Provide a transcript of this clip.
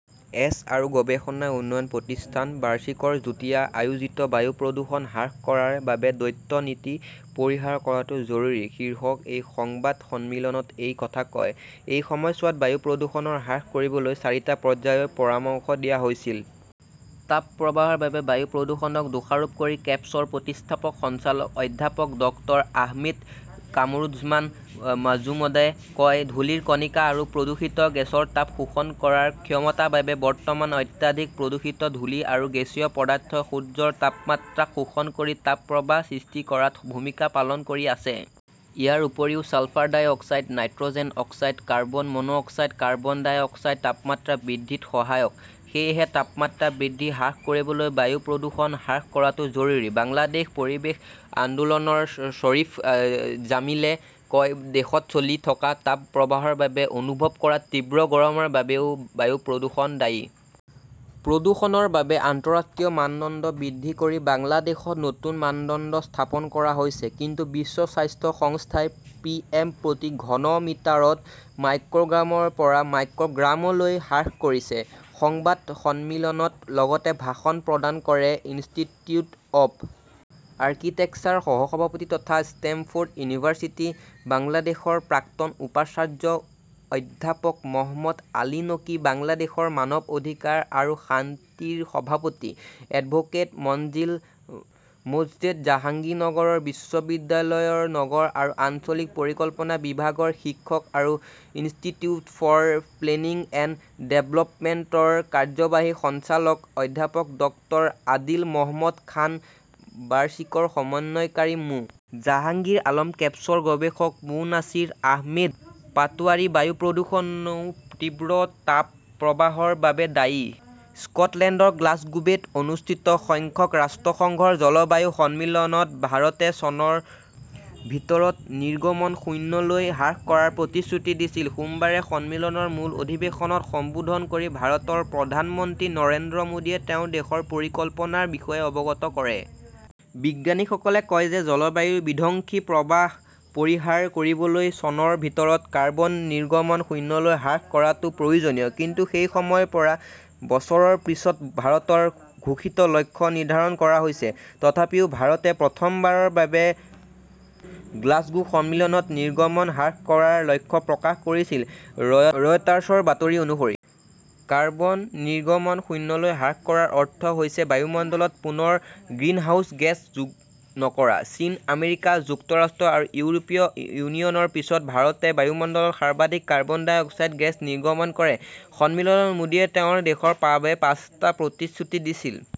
S. আৰু গৱেষণা উন্নয়ন প্ৰতিষ্ঠান বাৰ্চিকৰ যুটীয়া আয়োজিত 'বায়ু প্ৰদূষণ হ্ৰাস কৰাৰ বাবে দ্বৈত নীতি পৰিহাৰ কৰাটো জৰুৰী শীৰ্ষক এক সংবাদ সন্মিলনত এই কথা কয়। এই সময়ছোৱাত বায়ু প্ৰদূষণ হ্ৰাস কৰিবলৈ চাৰিটা পৰ্যায়ৰ পৰামৰ্শও দিয়া হৈছিল। তাপ প্ৰবাহৰ বাবে বায়ু প্ৰদূষণক দোষাৰোপ কৰি কেপছৰ প্ৰতিষ্ঠাপক সঞ্চালক অধ্যাপক ডক্তৰ আহমেদ কামৰুজ্জমান মাজ্মুদায় কয়, ধূলিৰ কণিকা আৰু প্ৰদূষিত গেছৰ তাপ শোষণ কৰাৰ ক্ষমতাৰ বাবে বৰ্তমান অত্যাধিক প্ৰদূষিত ধূলি আৰু গেছীয় পদাৰ্থই সূৰ্যৰ তাপমাত্ৰাক শোষণ কৰি তাপ প্ৰবাহ সৃষ্টি কৰাত ভূমিকা পালন কৰি আছে। ইয়াৰ উপৰিও sulphur dioxide, nitrogen oxide, carbon monoxide, carbon dioxide তাপমাত্ৰা বৃদ্ধিত সহায়ক। সেয়েহে তাপমাত্ৰা বৃদ্ধি হ্ৰাস কৰিবলৈ বায়ু প্ৰদূষণ হ্ৰাস কৰাটো জৰুৰী। বাংলাদেশ পৰিৱেশ আন্দোলনৰ শ্বৰীফ জামিলে কয়, দেশত চলি থকা তাপ প্ৰবাহৰ বাবে অনুভৱ কৰা তীব্ৰ গৰমৰ বাবেও বায়ু প্ৰদূষণ দায়ী। প্ৰদূষণৰ বাবে আন্তঃৰাষ্ট্ৰীয় মানদণ্ড বৃদ্ধি কৰি বাংলাদেশত নতুন মানদণ্ড স্থাপন কৰা হৈছে। কিন্তু বিশ্ব স্বাস্থ্য সংস্থাই পিএম প্ৰতি ঘন মিটাৰত মাইক্ৰʼগ্ৰামৰ পৰা মাইক্ৰʼগ্ৰামলৈ হ্ৰাস কৰিছে। সংবাদ সন্মিলনত লগতে ভাষণ প্ৰদান কৰে ইনষ্টিটিউট অৱ আৰ্কিটেক্সাৰৰ সহ-সভাপতি তথা ষ্টেমফৰ্ড ইউনিভাৰ্চিটি বাংলাদেশৰ প্ৰাক্তন উপাচাৰ্য অধ্যাপক মহম্মদ আলী নকী, বাংলাদেশৰ মানৱ অধিকাৰ আৰু শান্তি ৰ সভাপতি এডভোকেট মনজিল মোৰ্ছেড, জাহাংগীৰনগৰ বিশ্ববিদ্যালয়ৰ নগৰ আৰু আঞ্চলিক পৰিকল্পনা বিভাগৰ শিক্ষক আৰু institute for planning and development ৰ কাৰ্যবাহী সঞ্চালক অধ্যাপক ডক্তৰ আদিল মহম্মদ খান, বাৰচিকৰ সমন্বয়কাৰী মো. জাহাংগীৰ আলম কেপছৰ গৱেষক মো. নাছিৰ আহমেদ পাটোৱাৰী। বায়ু প্ৰদূষণও তীব্ৰ তাপ প্ৰবাহৰ বাবে দায়ী। স্কটলেণ্ডৰ গ্লাছগোৱেত অনুষ্ঠিত সংখ্যক ৰাষ্ট্ৰসংঘৰ জলবায়ু সন্মিলনত ভাৰতে চনৰ ভিতৰত নিৰ্গমন শূন্যলৈ হ্ৰাস কৰাৰ প্ৰতিশ্ৰুতি দিছিল। সোমবাৰে সন্মিলনৰ মূল অধিৱেশনত সম্বোধন কৰি ভাৰতৰ প্ৰধানমন্ত্ৰী নৰেন্দ্ৰ মোদীয়ে তেওঁৰ দেশৰ পৰিকল্পনাৰ বিষয়ে অৱগত কৰে। বিজ্ঞানীসকলে কয় যে জলবায়ুৰ বিধ্বংসী প্ৰভাৱ পৰিহাৰ কৰিবলৈ চনৰ ভিতৰত কাৰ্বন নিৰ্গমন শূন্যলৈ হ্ৰাস কৰাটো প্ৰয়োজনীয়। কিন্তু সেই সময়ৰ পৰা বছৰৰ পিছত ভাৰতৰ ঘোষিত লক্ষ্য নিৰ্ধাৰণ কৰা হৈছে। তথাপিও ভাৰতে প্ৰথমবাৰৰ বাবে গ্লাছগো সন্মিলনত নিৰ্গমন হ্ৰাস কৰাৰ লক্ষ্য প্ৰকাশ কৰিছিল, ৰয় ৰয়টাৰ্ছৰ বাতৰি অনুসৰি। কাৰ্বন নিৰ্গমন শূন্যলৈ হ্ৰাস কৰাৰ অৰ্থ হৈছে বায়ুমণ্ডলত পুনৰ গ্ৰিনহাউজ গেছ যোগ নকৰা। চীন, আমেৰিকা যুক্তৰাষ্ট্ৰ আৰু ইউৰোপীয় ইউনিয়নৰ পিছত ভাৰতে বায়ুমণ্ডলত সাৰ্বাধিক কাৰ্বন ডাই অক্সাইড গেছ নিৰ্গমন কৰে। সন্মিলনত মোদীয়ে তেওঁৰ দেশৰ পাবে পাঁচটা প্ৰতিশ্ৰুতি দিছিল।